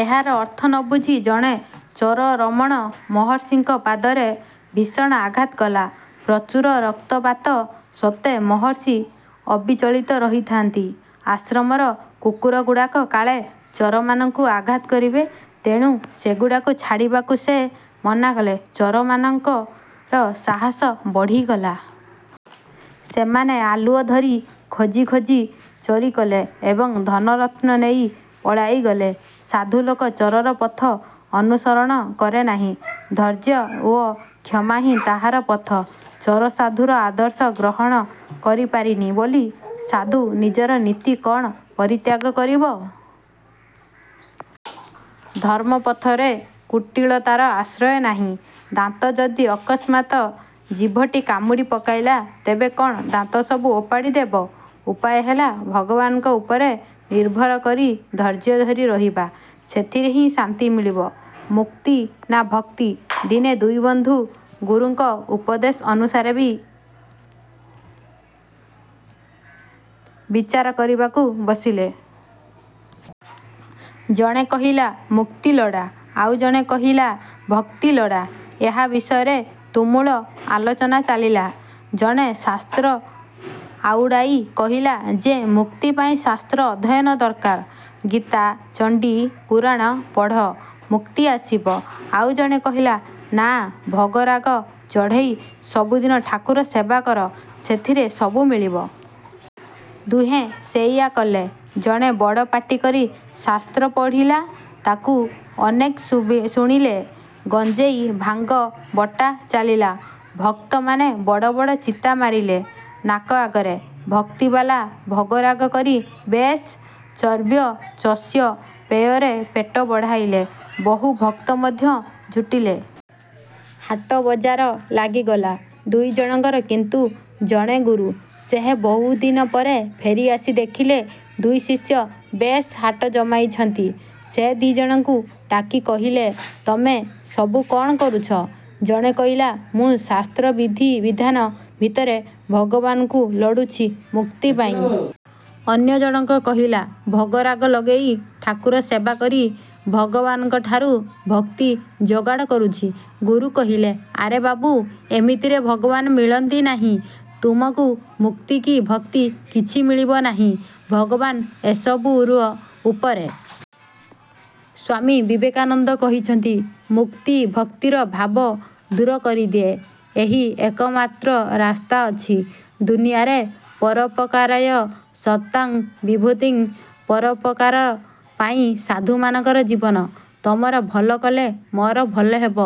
ଏହାର ଅର୍ଥ ନ ବୁଝି ଜଣେ ଚୋର ରମଣ ମହର୍ଷିଙ୍କ ପାଦରେ ଭୀଷଣ ଆଘାତ କଲା। ପ୍ରଚୁର ରକ୍ତପାତ ସତ୍ତ୍ୱେ ମହର୍ଷି ଅବିଚଳିତ ରହିଥାନ୍ତି। ଆଶ୍ରମର କୁକୁରଗୁଡ଼ାକ କାଳେ ଚୋରମାନଙ୍କୁ ଆଘାତ କରିବେ ତେଣୁ ସେଗୁଡ଼ିକୁ ଛାଡ଼ିବାକୁ ସେ ମନା କଲେ। ଚୋରମାନଙ୍କର ସାହସ ବଢ଼ିଗଲା। ସେମାନେ ଆଲୁଅ ଧରି ଖୋଜି ଖୋଜି ଚୋରି କଲେ ଏବଂ ଧନରତ୍ନ ନେଇ ପଳାଇଗଲେ। ସାଧୁଲୋକ ଚୋରର ପଥ ଅନୁସରଣ କରେ ନାହିଁ। ଧୈର୍ଯ୍ୟ ଓ କ୍ଷମାହିଁ ତାହାର ପଥ। ଚୋର ସାଧୁର ଆଦର୍ଶ ଗ୍ରହଣ କରିପାରିନି ବୋଲି ସାଧୁ ନିଜର ନୀତି କ'ଣ ପରିତ୍ୟାଗ କରିବ? ଧର୍ମପଥରେ କୁଟିଳତାର ଆଶ୍ରୟ ନାହିଁ। ଦାନ୍ତ ଯଦି ଅକସ୍ମାତ୍ ଜିଭଟି କାମୁଡ଼ି ପକାଇଲା, ତେବେ କଣ ଦାନ୍ତସବୁ ଓପାଡ଼ି ଦେବ? ଉପାୟ ହେଲା ଭଗବାନଙ୍କ ଉପରେ ନିର୍ଭର କରି ଧୈର୍ଯ୍ୟ ଧରି ରହିବା। ସେଥିରେ ହିଁ ଶାନ୍ତି ମିଳିବ। '' ମୁକ୍ତି ନା ଭକ୍ତି ଦିନେ ଦୁଇବନ୍ଧୁ ଗୁରୁଙ୍କ ଉପଦେଶ ଅନୁସାରେ ବିଚାର କରିବାକୁ ବସିଲେ। ଜଣେ କହିଲା-ମୁକ୍ତି ଲୋଡ଼ା, ଆଉ ଜଣେ କହିଲା-ଭକ୍ତି ଲୋଡ଼ା। ଏହା ବିଷୟରେ ତୁମୁଳ ଆଲୋଚନା ଚାଲିଲା। ଜଣେ ଶାସ୍ତ୍ର ଆଉଡ଼ାଇ କହିଲା ଯେ ମୁକ୍ତି ପାଇଁ ଶାସ୍ତ୍ର ଅଧ୍ୟୟନ ଦରକାର। ଗୀତା, ଚଣ୍ଡୀ, ପୁରାଣ ପଢ଼। ମୁକ୍ତି ଆସିବ। ଆଉ ଜଣେ କହିଲା, ନା ଭୋଗରାଗ ଚଢ଼େଇ ସବୁଦିନ ଠାକୁର ସେବା କର, ସେଥିରେ ସବୁ ମିଳିବ। ଦୁହେଁ ସେଇଆ କଲେ। ଜଣେ ବଡ଼ ପାଟିକରି ଶାସ୍ତ୍ର ପଢ଼ିଲା। ତାକୁ ଅନେକେ ଶୁଣିଲେ। ଗଞ୍ଜେଇ-ଭାଙ୍ଗ ବଟା ଚାଲିଲା। ଭକ୍ତମାନେ ବଡ଼ ବଡ଼ ଚିତା ମାରିଲେ ନାକ ଆଗରେ। ଭକ୍ତିବାଲା ଭୋଗରାଗ କରି ବେଶ୍ ଚର୍ବ୍ୟ ଚୋଷ୍ୟ ପେୟରେ ପେଟ ବଢ଼ାଇଲେ। ବହୁ ଭକ୍ତ ମଧ୍ୟ ଜୁଟିଲେ। ହାଟ ବଜାର ଲାଗିଗଲା। ଦୁଇଜଣଙ୍କର କିନ୍ତୁ ଜଣେ ଗୁରୁ। ସେ ବହୁଦିନ ପରେ ଫେରିଆସି ଦେଖିଲେ, ଦୁଇଶିଷ୍ୟ ବେଶ୍ ହାଟ ଜମାଇଛନ୍ତି। ସେ ଦିଜଣଙ୍କୁ ଡାକି କହିଲେ, ତମେ ସବୁ କ'ଣ କରୁଛ? ଜଣେ କହିଲା, ''ମୁଁ ଶାସ୍ତ୍ର ବିଧିବିଧାନ ଭିତରେ ଭଗବାନଙ୍କୁ ଲୋଡ଼ୁଛି ମୁକ୍ତି ପାଇଁ। '' ଅନ୍ୟ ଜଣକ କହିଲା, ''ଭୋଗରାଗ ଲଗେଇ ଠାକୁର ସେବା କରି ଭଗବାନଙ୍କଠାରୁ ଭକ୍ତି ଯୋଗାଡ଼ କରୁଛି। '' ଗୁରୁ କହିଲେ, ''ଆରେ ବାବୁ, ଏମିତିରେ ଭଗବାନ ମିଳନ୍ତି ନାହିଁ। ତମକୁ ମୁକ୍ତି କି ଭକ୍ତି କିଛି ମିଳିବ ନାହିଁ। ଭଗବାନ ଏ ସବୁର ଉପରେ। '' ସ୍ୱାମୀ ବିବେକାନନ୍ଦ କହିଛନ୍ତି-ମୁକ୍ତି ଭକ୍ତିର ଭାବ ଦୂର କରିଦିଅ। ଏହି ଏକମାତ୍ର ରାସ୍ତା ଅଛି ଦୁନିଆରେ-ପରୋପକାରାୟ ସତାଂ ବିଭୂତିଃ। ପରୋପକାର ପାଇଁ ସାଧୁମାନଙ୍କର ଜୀବନ। ତମର ଭଲ କଲେ ମୋର ଭଲ ହେବ।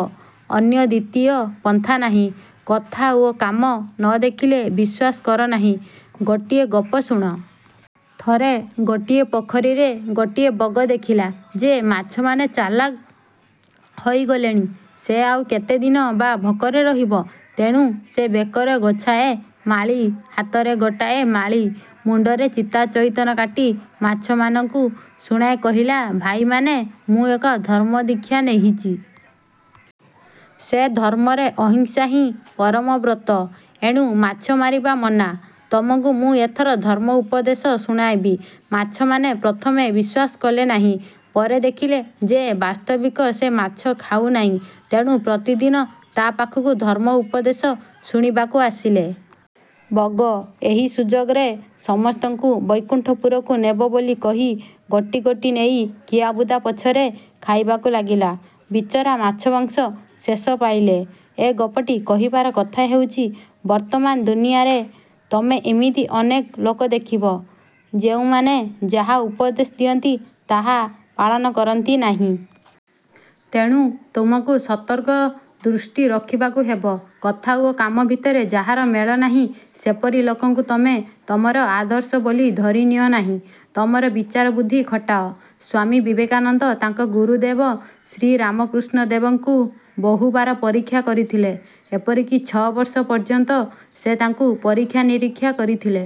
ଅନ୍ୟ ଦ୍ୱିତୀୟ ପନ୍ଥା ନାହିଁ। କଥା ଓ କାମ ନ ଦେଖିଲେ ବିଶ୍ୱାସ କର ନାହିଁ ଗୋଟିଏ ଗପ ଶୁଣ। ଥରେ ଗୋଟିଏ ପୋଖରୀରେ ଗୋଟିଏ ବଗ ଦେଖିଲା ଯେ ମାଛମାନେ ଚାଲାକ ହୋଇଗଲେଣି। ସେ ଆଉ କେତେ ଦିନ ବା ଭୋକରେ ରହିବ? ତେଣୁ ସେ ବେକରେ ଗୋଛାଏ ମାଳି, ହାତରେ ଗୋଟାଏ ମାଳି, ମୁଣ୍ଡରେ ଚିତା ଚଇତନ କାଟି ମାଛମାନଙ୍କୁ ଶୁଣାଇ କହିଲା-''ଭାଇମାନେ ମୁଁ ଏକ ଧର୍ମ ଦୀକ୍ଷା ନେଇଛି। ସେ ଧର୍ମରେ ଅହିଂସା ହିଁ ପରମ ବ୍ରତ-। ଏଣୁ ମାଛ ମାରିବା ମନା। ତମକୁ ମୁଁ ଏଥର ଧର୍ମ ଉପଦେଶ ଶୁଣାଇବି। '' ମାଛମାନେ ପ୍ରଥମେ ବିଶ୍ୱାସ କଲେ ନାହିଁ। ପରେ ଦେଖିଲେ ଯେ ବାସ୍ତବିକ ସେ ମାଛ ଖାଉନାହିଁ। ତେଣୁ ପ୍ରତିଦିନ ତା' ପାଖକୁ ଧର୍ମ ଉପଦେଶ ଶୁଣିବାକୁ ଆସିଲେ। ବଗ। ଏହି ସୁଯୋଗରେ ସମସ୍ତଙ୍କୁ ବୈକୁଣ୍ଠପୁରକୁ ନେବ ବୋଲି କହି ଗୋଟି ଗୋଟି ନେଇ କିଆବୁଦା ପଛରେ ଖାଇବାକୁ ଲାଗିଲା। ବିଚରା ମାଛବଂଶ ଶେଷ ପାଇଲେ। ଏ ଗପଟି କହିବାର କଥା ହେଉଛି-ବର୍ତ୍ତମାନ ଦୁନିଆଁରେ ତମେ ଇମିତି ଅନେକ ଲୋକ ଦେଖିବ, ଯେଉଁମାନେ ଯାହା ଉପଦେଶ ଦିଅନ୍ତି ତାହା ପାଳନ କରନ୍ତି ନାହିଁ। ତେଣୁ ତମକୁ ସତର୍କ ଦୃଷ୍ଟି ରଖିବାକୁ ହେବ। କଥା ଓ କାମ ଭିତରେ ଯାହାର ମେଳ ନାହିଁ, ସେପରି ଲୋକଙ୍କୁ ତମେ ତମର ଆଦର୍ଶ ବୋଲି ଧରି ନିଅ ନାହିଁ। ତମର ବିଚାର ବୁଦ୍ଧି ଖଟାଅ। ସ୍ୱାମୀ ବିବେକାନନ୍ଦ ତାଙ୍କ ଗୁରୁଦେବ ଶ୍ରୀରାମକୃଷ୍ଣ ଦେବଙ୍କୁ ବହୁବାର ପରୀକ୍ଷା କରିଥିଲେ; ଏପରିକି ଛଅବର୍ଷ ପର୍ଯ୍ୟନ୍ତ ସେ ତାଙ୍କୁ ପରୀକ୍ଷା ନିରୀକ୍ଷା କରିଥିଲେ।